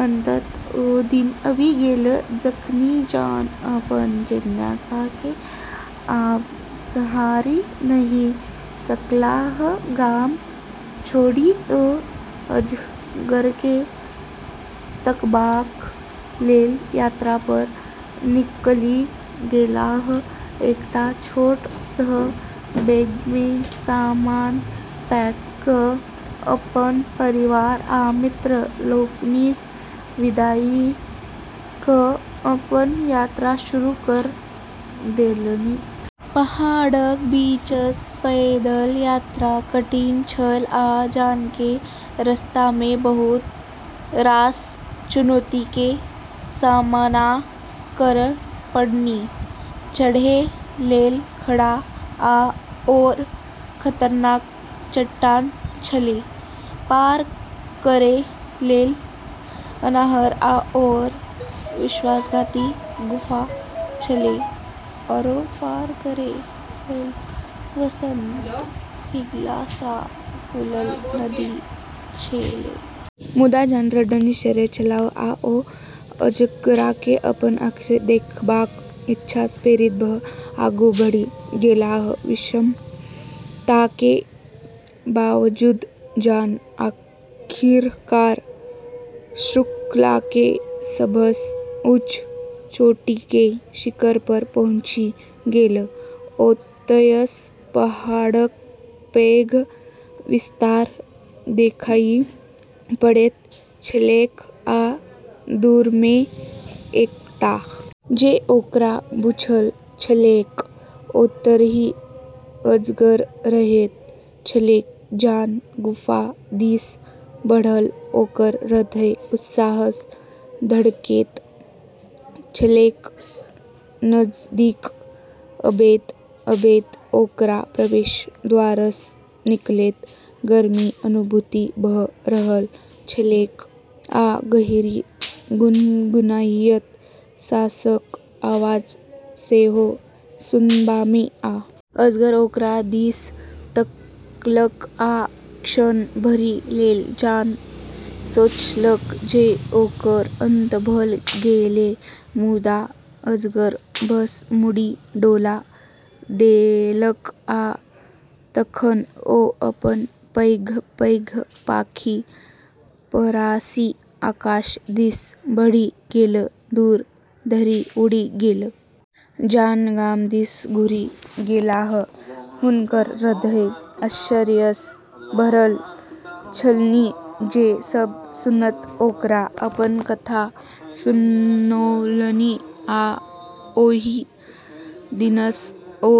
अंततः ओ दिन आबि गेल जखनि जॉन अपन जिज्ञासाकेँ आब सम्हारि नहि सकलाह। गाम छोड़ि ओ अजगरकेँ तकबाक लेल यात्रा पर निकलि गेलाह। एकटा छोट सन बैगमे सामान पैक क' अपन परिवार आ मित्र लोकनिसँ विदाइ क' अपन यात्रा शुरू क' देलनि। पहाड़क बीचसँ पैदल यात्रा कठिन छल, आ जॉनके रस्तामे बहुत रास चुनौतीके सामना करय पड़लनि। चढ़ै लेल खड़ा आओर खतरनाक चट्टान छलै, पार करै लेल अन्हार आओर विश्वासघाती गुफा छलै, आरो पार करै लेल वसंत पिघललासँ फूलल नदी छलै। मुदा जॉन दृढ़ निश्चयी छलाह, आ ओ अजगरकेँ अपन आँखिसँ देखबाक इच्छासँ प्रेरित भ' आगू बढ़ि गेलाह। विषमताके बावजूद जॉन आखिरकार श्रृंखलाके सबसँ ऊँच चोटीके शिखर पर पहुँचि गेल। ओतयसँ पहाड़क पैघ विस्तार देखाइ पड़ैत छलैक आ दूरमे एकटा छोट सन गुफा देखबामे आबि रहल छलैक। जे, ओकरा बुझल छलैक, ओतहि अजगर रहैत छलैक। जॉन गुफा दिस बढ़ल, ओकर हृदय उत्साहसँ धड़कैत छलैक। नजदीक अबैत-अबैत ओकरा प्रवेश द्वारसँ निकलैत गर्मीक अनुभूति भ' रहल छलैक, आ गहीँर, गुनगुनाइत साँसक आवाज सेहो सुनबामे आबि रहल छलैक। अजगर ओकरा दिस तकलक, आ क्षण भरि लेल जॉन सोचलक जे ओकर अंत भ' गेलै। मुदा अजगर बस मुड़ी डोला देलक, आ तखन ओ अपन पैघ-पैघ पाँखि पसारि आकाश दिस बढ़ि गेल, दूर धरि उड़ि गेल। जॉन गाम दिस घुरि गेलाह, हुनकर हृदय आश्चर्यसँ भरल छलनि। जे सब सुनत, ओकरा अपन कथा सुनौलनि आ ओहि दिनसँ ओ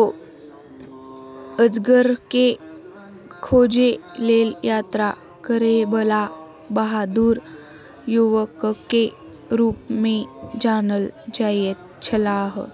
अजगरके खोजै लेल यात्रा करैबला बहादुर युवकके रूपमे जानल जाइत छलाह।